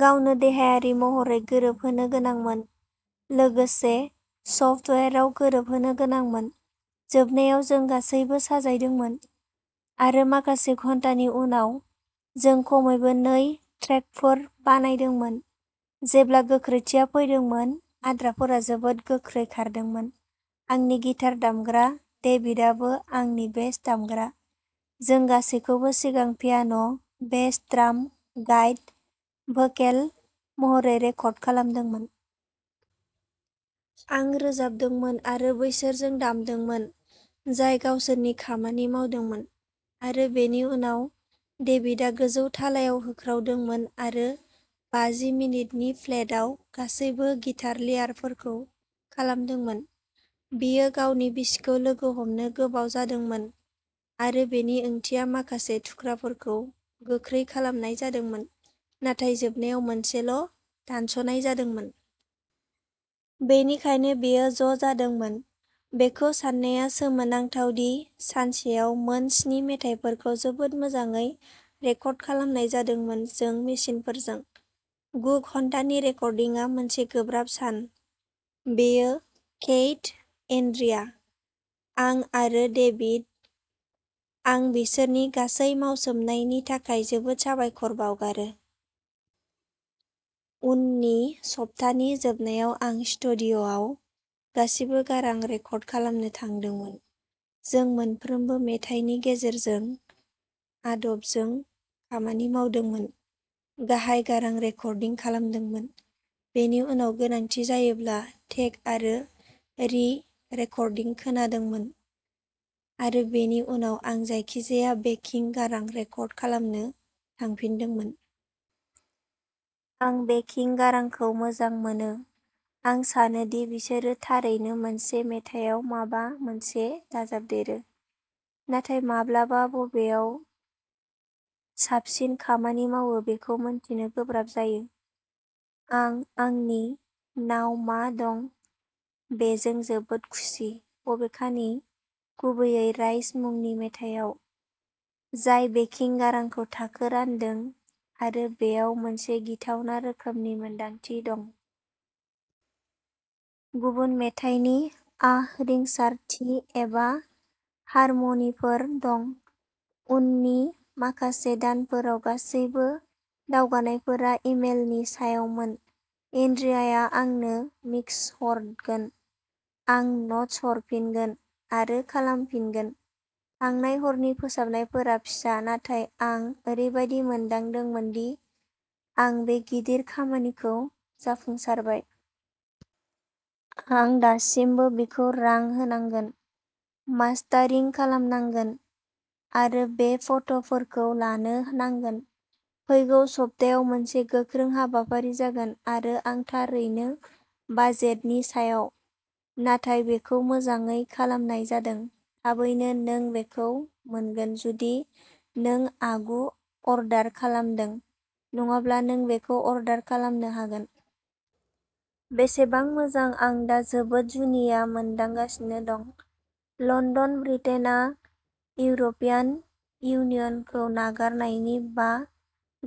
गावनो देहायारि महरै गोरोबहोनो गोनांमोन, लोगोसे सफ्टवेयारआव गोरोबहोनो गोनांमोन। जोबनायाव जों गासैबो साजायदोंमोन, आरो माखासे घन्टानि उनाव जों खमैबो नै ट्रेकफोर बानायदोंमोन। जेब्ला गोख्रैथिया फैदोंमोन, आद्राफोरा जोबोद गोख्रै खारदोंमोन। आंनि गिटार दामग्रा डेभिडआबो आंनि बेस दामग्रा, जों गासैबोखौ सिगां piano' bass drum guitar vocal महरै रेकर्ड खालामदोंमोन। आं रोजाबदोंमोन आरो बैसोरजों दामदोंमोन, जाय गावसोरनि खामानि मावदोंमोन। आरो बेनि उनाव डेभिडआ गोजौ थालायाव होख्रावदोंमोन आरो बाजि मिनिटनि फ्लेटआव गासिबो गिटार लेयारफोरखौ खालामदोंमोन। बियो गावनि बिसिखौ लोगो हमनो गोबाव जादोंमोन, आरो बेनि ओंथिया माखासे थुख्राफोरखौ गोख्रै खालामनाय जादोंमोन, नाथाय जोबनायाव मोनसेल' दानस'नाय जादोंमोन। बेनिखायनो बेयो ज' जादोंमोन। बेखौ साननाया सोमोनांथाव दि सानसेआव मोन स्नि मेथाइफोरखौ जोबोद मोजाङै रेकर्ड खालामनाय जादोंमोन जों मेसिनफोरजों। गु घन्टानि रेकर्डिंआ मोनसे गोब्राब सान। बियो केइथ, एन्ड्रिया।, आं आरो डेभिड। आं बिसोरनि गासै मावसोमनायनि थाखाय जोबोद साबायखर बावगारो। उननि सप्तानि जोबनायाव आं स्टुडिय'आव गासिबो गारां रेकर्ड खालामनो थांदोंमोन। जों मोनफ्रोमबो मेथाइनि गेजेरजों आदबजों खामानि मावदोंमोन, गाहाय गारां रेकर्डिं खालामदोंमोन, बेनि उनाव गोनांथि जायोब्ला टेक आरो रि-रेकर्डिं खोनादोंमोन, आरो बेनि उनाव आं जायखिजाया बेकिं गारां रेकर्ड खालामनो थांफिनदोंमोन। आं बेकिं गारांखौ मोजां मोनो-आं सानो दि बिसोरो थारैनो मोनसे मेथायाव माबा मोनसे दाजाबदेरो, नाथाय माब्लाबा बबेयाव साबसिन खामानि मावो बेखौ मिन्थिनो गोब्राब जायो। आं आंनि नाव मा दं बेजों जोबोद खुसि, बबेखानि, गुबैयै राइज मुंनि मेथायाव, जाय बेकिं गारांखौ थाखो रानदों आरो बेयाव मोनसे गिथावना रोखोमनि मोनदांथि दं। गुबुन मेथाइनि आह रिंसारथि एबा हारमनिफोर दं। उननि माखासे दानफोराव गासैबो दावगानायफोरा इमेलनि सायावमोन एन्ड्रियाया आंनो मिक्स हरगोन, आं न'ट्स हरफिनगोन, आरो खालामफिनगोन। थांनाय हरनि फोसाबनायफोरा फिसा, नाथाय आं ओरैबायदि मोन्दांदोंमोन दि आं बे गिदिर खामानिखौ जाफुंसारबाय। आं दासिमबो बिखौ रां होनांगोन, मास्टारिं खालामनांगोन, आरो बे फट'फोरखौ लानो नांगोन फैगौ सप्तायाव मोनसे गोख्रों हाबाफारि जागोन। आरो आं थारैनो बाजेटनि सायाव, नाथाय बेखौ मोजाङै खालामनाय जादों। थाबैनो नों बेखौ मोनगोन जुदि नों आगु अर्डार खालामदों, नङाब्ला नों बेखौ अर्डार खालामनो हागोन। बेसेबां मोजां आं दा जोबोद जुनिया मोनदांगासिनो दं। लन्दन -ब्रिटेनआ इउर'पियान इउनियनखौ नागारनायनि बा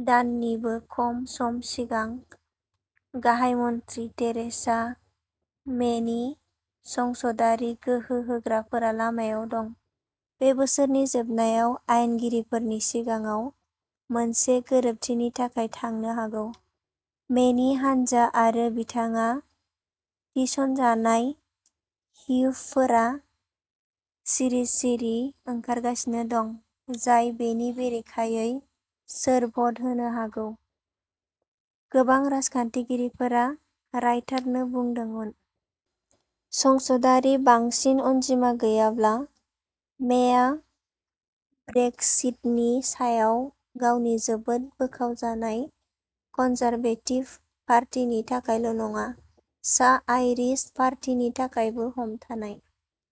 दाननिबो खम सम सिगां, गाहाय मन्थ्रि थेरेसा मेनि संसदारि गोहो होग्राफोरा लामायाव दं। बे बोसोरनि जोबनायाव आयेनगिरिफोरनि सिगाङाव मोनसे गोरोबथिनि थाखाय थांनो हागौ, मेनि हानजा आरो बिथाङा थिसनजानाय व्हिपफोरा सिरि-सिरि ओंखारगासिनो दं, जाय बेनि बेरेखायै सोर भ'ट होनो हागौ, गोबां राजखान्थिगिरिफोरा रायटारनो बुंदोंमोन। संसदारि बांसिन अनजिमा गैयाब्ला, मेया ब्रेक्सिटनि सायाव गावनि जोबोद बोखावजानाय कन्जारभेटिभ पार्टिनि थाखायल' नङा, सा-आइरिश पार्टिनि थाखायबो हमथानाय।